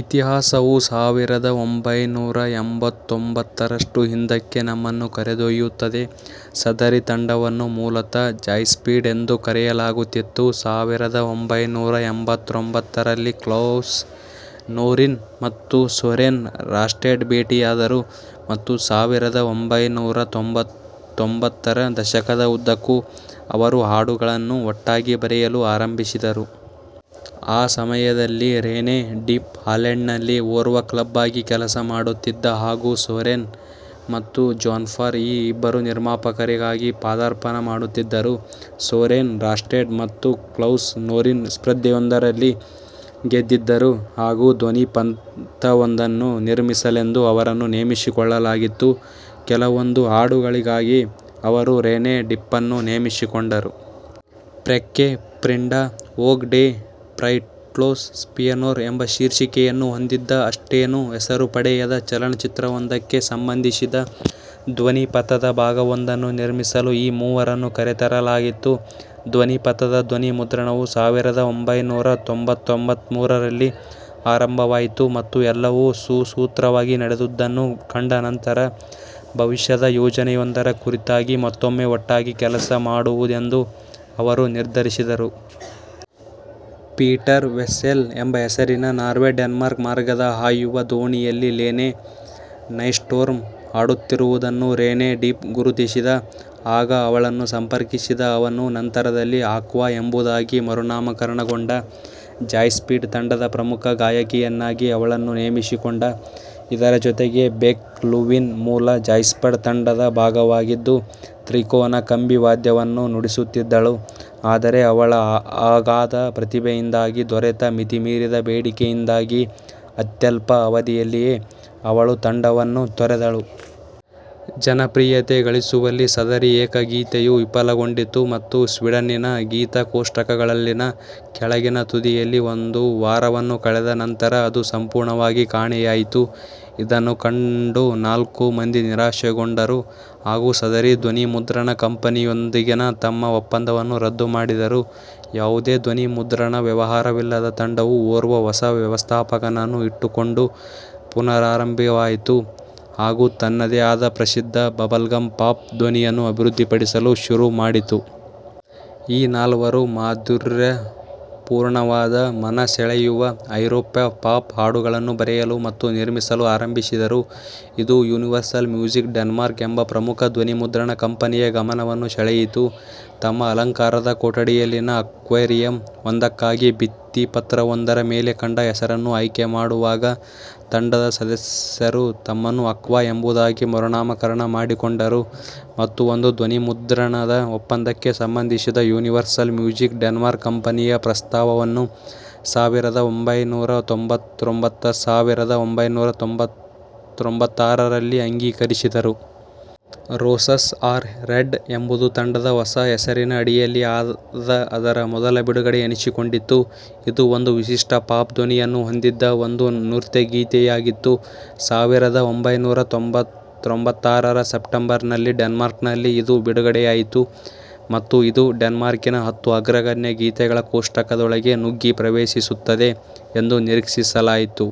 ಇತಿಹಾಸವು ಸಾವಿರದ ಒಂಭೈನೂರ ಎಂಬತ್ತೊಂಬತ್ತರಷ್ಟು ಹಿಂದಕ್ಕೆ ನಮ್ಮನ್ನು ಕರೆದೊಯ್ಯುತ್ತದೆ. ಸದರಿ ತಂಡವನ್ನು ಮೂಲತಃ ಜಾಯ್ಸ್ಪೀಡ್ ಎಂದು ಕರೆಯಲಾಗುತ್ತಿತ್ತು. ಸಾವಿರದ ಒಂಭೈನೂರ ಎಂಬತ್ತೊಂಬತ್ತರಲ್ಲಿ ಕ್ಲೌಸ್ ನೊರೀನ್ ಮತ್ತು ಸೋರೆನ್ ರಾಸ್ಟೆಡ್ ಭೇಟಿಯಾದರು, ಮತ್ತು ಸಾವಿರದ ಒಂಭೈನೂರ ತ್ತೊಂಬತ್ತರ ದಶಕದ ಉದ್ದಕ್ಕೂ ಅವರು ಹಾಡುಗಳನ್ನು ಒಟ್ಟಾಗಿ ಬರೆಯಲು ಆರಂಭಿಸಿದರು. ಆ ಸಮಯದಲ್ಲಿ, ರೆನೆ ಡಿಫ್ ಹಾಲೆಂಡ್ನಲ್ಲಿ ಓರ್ವ ಕ್ಲಬ್ ಆಗಿ ಕೆಲಸಮಾಡುತ್ತಿದ್ದ, ಹಾಗೂ ಸೋರೆನ್ ಮತ್ತು ಜೋನ್ಫಾರ್ ಈ ಇಬ್ಬರೂ ನಿರ್ಮಾಪಕರಾಗಿ ಪಾದಾರ್ಪಣ ಮಾಡುತ್ತಿದ್ದರು. ಸೋರೆನ್ ರಾಸ್ಟೆಡ್ ಮತ್ತು ಕ್ಲೌಸ್ ನೊರೀನ್ ಸ್ಪರ್ಧೆಯೊಂದರಲ್ಲಿ ಗೆದ್ದಿದ್ದರು ಹಾಗೂ ಧ್ವನಿಪಥವೊಂದನ್ನು ನಿರ್ಮಿಸಲೆಂದು ಅವರನ್ನು ನೇಮಿಸಿಕೊಳ್ಳಲಾಗಿತ್ತು. ಕೆಲವೊಂದು ಹಾಡುಗಳಿಗಾಗಿ ಅವರು ರೆನೆ ಡಿಫ್ನನ್ನು ನೇಮಿಸಿಕೊಂಡರು. ಫ್ರೇಕ್ಕೆ ಫ್ರಿಂಡಾ ಒಗ್ ಡೆ ಫ್ರೈಟ್ಲೋಸ್ ಸ್ಪಿಯೋನರ್ ಎಂಬ ಶೀರ್ಷಿಕೆಯನ್ನು ಹೊಂದಿದ್ದ, ಅಷ್ಟೇನೂ ಹೆಸರು ಪಡೆಯದ ಚಲನಚಿತ್ರವೊಂದಕ್ಕೆ ಸಂಬಂಧಿಸಿದ ಧ್ವನಿಪಥದ ಭಾಗವೊಂದನ್ನು ನಿರ್ಮಿಸಲು ಈ ಮೂವರನ್ನೂ ಕರೆತರಲಾಗಿತ್ತು. ಧ್ವನಿಪಥದ ಧ್ವನಿಮುದ್ರಣವು ಸಾವಿರದ ಒಂಭೈನೂರ ತ್ತೊಂಬತ್ಮೂರರಲ್ಲಿ ಆರಂಭವಾಯಿತು, ಮತ್ತು ಎಲ್ಲವೂ ಸುಸೂತ್ರವಾಗಿ ನಡೆದುದನ್ನು ಕಂಡನಂತರ, ಭವಿಷ್ಯದ ಯೋಜನೆಯೊಂದರ ಕುರಿತಾಗಿ ಮತ್ತೊಮ್ಮೆ ಒಟ್ಟಾಗಿ ಕೆಲಸ ಮಾಡುವುದೆಂದು ಅವರು ನಿರ್ಧರಿಸಿದರು. ಪೀಟರ್ ವೆಸ್ಸೆಲ್ ಎಂಬ ಹೆಸರಿನ ನಾರ್ವೆ–ಡೆನ್ಮಾರ್ಕ್ ಮಾರ್ಗದ ಹಾಯುವ ದೋಣಿಯಲ್ಲಿ ಲೆನೆ ನೈಸ್ಟ್ರೋಮ್ ಹಾಡುತ್ತಿರುವುದನ್ನು ರೆನೆ ಡಿಫ್ ಗುರುತಿಸಿದ. ಆಗ ಅವಳನ್ನು ಸಂಪರ್ಕಿಸಿದ ಅವನು, ನಂತರದಲ್ಲಿ ಆಕ್ವಾ ಎಂಬುದಾಗಿ ಮರುನಾಮಕರಣಗೊಂಡ ಜಾಯ್ಸ್ಪೀಡ್ ತಂಡದ ಪ್ರಮುಖ ಗಾಯಕಿಯನ್ನಾಗಿ ಅವಳನ್ನು ನೇಮಿಸಿಕೊಂಡ. ಇದರ ಜೊತೆಗೆ, ಬೆಕ್ ಲುವೀನ್ ಮೂಲ ಜಾಯ್ಸ್ಪೀಡ್ ತಂಡದ ಭಾಗವಾಗಿದ್ದು, ತ್ರಿಕೋನ ಕಂಬಿವಾದ್ಯವನ್ನು ನುಡಿಸುತ್ತಿದ್ದಳು; ಆದರೆ ಅವಳ ಅಗಾಧ ಪ್ರತಿಭೆಯಿಂದಾಗಿ ದೊರೆತ ಮಿತಿಮೀರಿದ ಬೇಡಿಕೆಯಿಂದಾಗಿ ಅತ್ಯಲ್ಪ ಅವಧಿಯಲ್ಲಿಯೇ ಅವಳು ತಂಡವನ್ನು ತೊರೆದಳು. ಜನಪ್ರಿಯತೆ ಗಳಿಸುವಲ್ಲಿ ಸದರಿ ಏಕಗೀತೆಯು ವಿಫಲಗೊಂಡಿತು ಮತ್ತು ಸ್ವೀಡನ್ನಿನ ಗೀತ-ಕೋಷ್ಟಕಗಳಲ್ಲಿನ ಕೆಳಗಿನ ತುದಿಯಲ್ಲಿ ಒಂದು ವಾರವನ್ನು ಕಳೆದ ನಂತರ ಅದು ಸಂಪೂರ್ಣವಾಗಿ ಕಾಣೆಯಾಯಿತು. ಇದನ್ನು ಕಂಡು ನಾಲ್ಕೂ ಮಂದಿ ನಿರಾಶೆಗೊಂಡರು ಹಾಗೂ ಸದರಿ ಧ್ವನಿಮುದ್ರಣ ಕಂಪನಿಯೊಂದಿಗಿನ ತಮ್ಮ ಒಪ್ಪಂದವನ್ನು ರದ್ದುಮಾಡಿದರು. ಯಾವುದೇ ಧ್ವನಿಮುದ್ರಣ ವ್ಯವಹಾರವಿಲ್ಲದ ತಂಡವು ಓರ್ವ ಹೊಸ ವ್ಯವಸ್ಥಾಪಕನನ್ನು ಇಟ್ಟುಕೊಂಡು ಪುನರಾರಂಭವಾಯಿತು ಹಾಗೂ ತನ್ನದೇ ಆದ ಪ್ರಸಿದ್ಧ ಬಬಲ್ಗಮ್ ಪಾಪ್ ಧ್ವನಿಯನ್ನು ಅಭಿವೃದ್ಧಿಪಡಿಸಲು ಶುರುಮಾಡಿತು. ಈ ನಾಲ್ವರೂ ಮಾಧುರ್ಯಪೂರ್ಣವಾದ, ಮನಸೆಳೆಯುವ ಐರೋಪ್ಯ ಪಾಪ್ ಹಾಡುಗಳನ್ನು ಬರೆಯಲು ಮತ್ತು ನಿರ್ಮಿಸಲು ಆರಂಭಿಸಿದರು. ಇದು ಯೂನಿವರ್ಸಲ್ ಮ್ಯೂಸಿಕ್ ಡೆನ್ಮಾರ್ಕ್ ಎಂಬ ಪ್ರಮುಖ ಧ್ವನಿಮುದ್ರಣ ಕಂಪನಿಯ ಗಮನವನ್ನು ಸೆಳೆಯಿತು. ತಮ್ಮ ಅಲಂಕಾರದ ಕೊಠಡಿಯಲ್ಲಿನ ಆಕ್ವೇರಿಯಂ ಒಂದಕ್ಕಾಗಿ ಭಿತ್ತಿಪತ್ರವೊಂದರ ಮೇಲೆ ಕಂಡ ಹೆಸರನ್ನು ಆಯ್ಕೆಮಾಡುವಾಗ, ತಂಡದ ಸದಸ್ಯರು ತಮ್ಮನ್ನು ಆಕ್ವಾ ಎಂಬುದಾಗಿ ಮರುನಾಮಕರಣ ಮಾಡಿಕೊಂಡರು, ಮತ್ತು ಒಂದು ಧ್ವನಿಮುದ್ರಣದ ಒಪ್ಪಂದಕ್ಕೆ ಸಂಬಂಧಿಸಿದ ಯೂನಿವರ್ಸಲ್ ಮ್ಯೂಸಿಕ್ ಡೆನ್ಮಾರ್ಕ್ ಕಂಪನಿಯ ಪ್ರಸ್ತಾವವನ್ನು ಸಾವಿರದ ಒಂಭೈನೂರ ತ್ತೊಂಬತ್ತಾರಸಾವಿರದ ಒಂಭೈನೂರ ತ್ತೊಂಬತ್ತಾರರಲ್ಲಿ ಅಂಗೀಕರಿಸಿದರು. "ರೋಸಸ್ ಆರ್ ರೆಡ್" ಎಂಬುದು ತಂಡದ ಹೊಸ ಹೆಸರಿನ ಅಡಿಯಲ್ಲಿ ಆದ ಅದರ ಮೊದಲ ಬಿಡುಗಡೆ ಎನಿಸಿಕೊಂಡಿತು. ಇದು ಒಂದು ವಿಶಿಷ್ಟ ಪಾಪ್ ಧ್ವನಿಯನ್ನು ಹೊಂದಿದ್ದ ಒಂದು ನೃತ್ಯಗೀತೆಯಾಗಿತ್ತು. ಸಾವಿರದ ಒಂಭೈನೂರ ತ್ತೊಂಬತ್ತಾರರ ಸೆಪ್ಟೆಂಬರ್ನಲ್ಲಿ, ಡೆನ್ಮಾರ್ಕ್ನಲ್ಲಿ ಇದು ಬಿಡುಗಡೆಯಾಯಿತು, ಮತ್ತು ಇದು ಡೆನ್ಮಾರ್ಕಿನ ಹತ್ತು ಅಗ್ರಗಣ್ಯ ಗೀತೆಗಳ ಕೋಷ್ಟಕದೊಳಗೆ ನುಗ್ಗಿ ಪ್ರವೇಶಿಸುತ್ತದೆ ಎಂದು ನಿರೀಕ್ಷಿಸಲಾಯಿತು.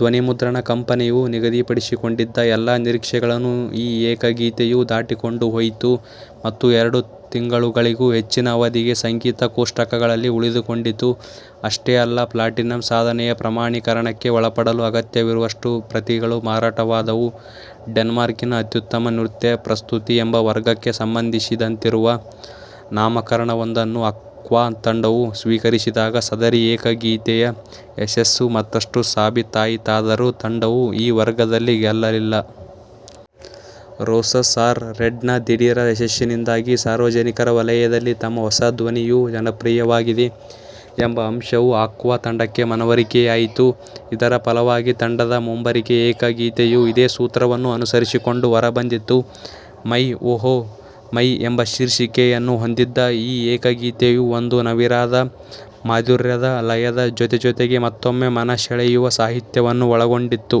ಧ್ವನಿಮುದ್ರಣ ಕಂಪನಿಯು ನಿಗದಿಪಡಿಸಿಕೊಂಡಿದ್ದ ಎಲ್ಲಾ ನಿರೀಕ್ಷೆಗಳನ್ನು ಈ ಏಕಗೀತೆಯು ದಾಟಿಕೊಂಡು ಹೋಯಿತು, ಮತ್ತು ಎರಡು ತಿಂಗಳುಗಳಿಗೂ ಹೆಚ್ಚಿನ ಅವಧಿಗೆ ಸಂಗೀತ-ಕೋಷ್ಟಕಗಳಲ್ಲಿ ಉಳಿದುಕೊಂಡಿತು. ಅಷ್ಟೇ ಅಲ್ಲ, ಪ್ಲಾಟಿನಂ ಸಾಧನೆಯ ಪ್ರಮಾಣೀಕರಣಕ್ಕೆ ಒಳಪಡಲು ಅಗತ್ಯವಿರುವಷ್ಟು ಪ್ರತಿಗಳು ಮಾರಾಟವಾದವು. "ಡೆನ್ಮಾರ್ಕಿನ ಅತ್ಯುತ್ತಮ ನೃತ್ಯ ಪ್ರಸ್ತುತಿ" ಎಂಬ ವರ್ಗಕ್ಕೆ ಸಂಬಂಧಿಸಿದಂತಿರುವ ನಾಮಕರಣವೊಂದನ್ನು ಆಕ್ವಾ ತಂಡವು ಸ್ವೀಕರಿಸಿದಾಗ ಸದರಿ ಏಕಗೀತೆಯ ಯಶಸ್ಸು ಮತ್ತಷ್ಟು ಸಾಬೀತಾಯಿತಾದರೂ, ತಂಡವು ಈ ವರ್ಗದಲ್ಲಿ ಗೆಲ್ಲಲಿಲ್ಲ. "ರೋಸಸ್ ಆರ್ ರೆಡ್"ನ ದಿಢೀರ್ ಯಶಸ್ಸಿನಿಂದಾಗಿ, ಸಾರ್ವಜನಿಕರ ವಲಯದಲ್ಲಿ ತಮ್ಮ ಹೊಸ ಧ್ವನಿಯು ಜನಪ್ರಿಯವಾಗಿದೆ ಎಂಬ ಅಂಶವು ಆಕ್ವಾ ತಂಡಕ್ಕೆ ಮನವರಿಕೆಯಾಯಿತು. ಇದರ ಫಲವಾಗಿ ತಂಡದ ಮುಂಬರಿಕೆ ಏಕಗೀತೆಯು ಇದೇ ಸೂತ್ರವನ್ನು ಅನುಸರಿಸಿಕೊಂಡು ಹೊರಬಂದಿತು. "ಮೈ ಓಹ್ ಮೈ" ಎಂಬ ಶೀರ್ಷಿಕೆಯನ್ನು ಹೊಂದಿದ್ದ ಈ ಏಕಗೀತೆಯು, ಒಂದು ನವಿರಾದ, ಮಾಧುರ್ಯದ ಲಯದ ಜೊತೆಜೊತೆಗೆ ಮತ್ತೊಮ್ಮೆ ಮನಸೆಳೆಯುವ ಸಾಹಿತ್ಯವನ್ನು ಒಳಗೊಂಡಿತ್ತು.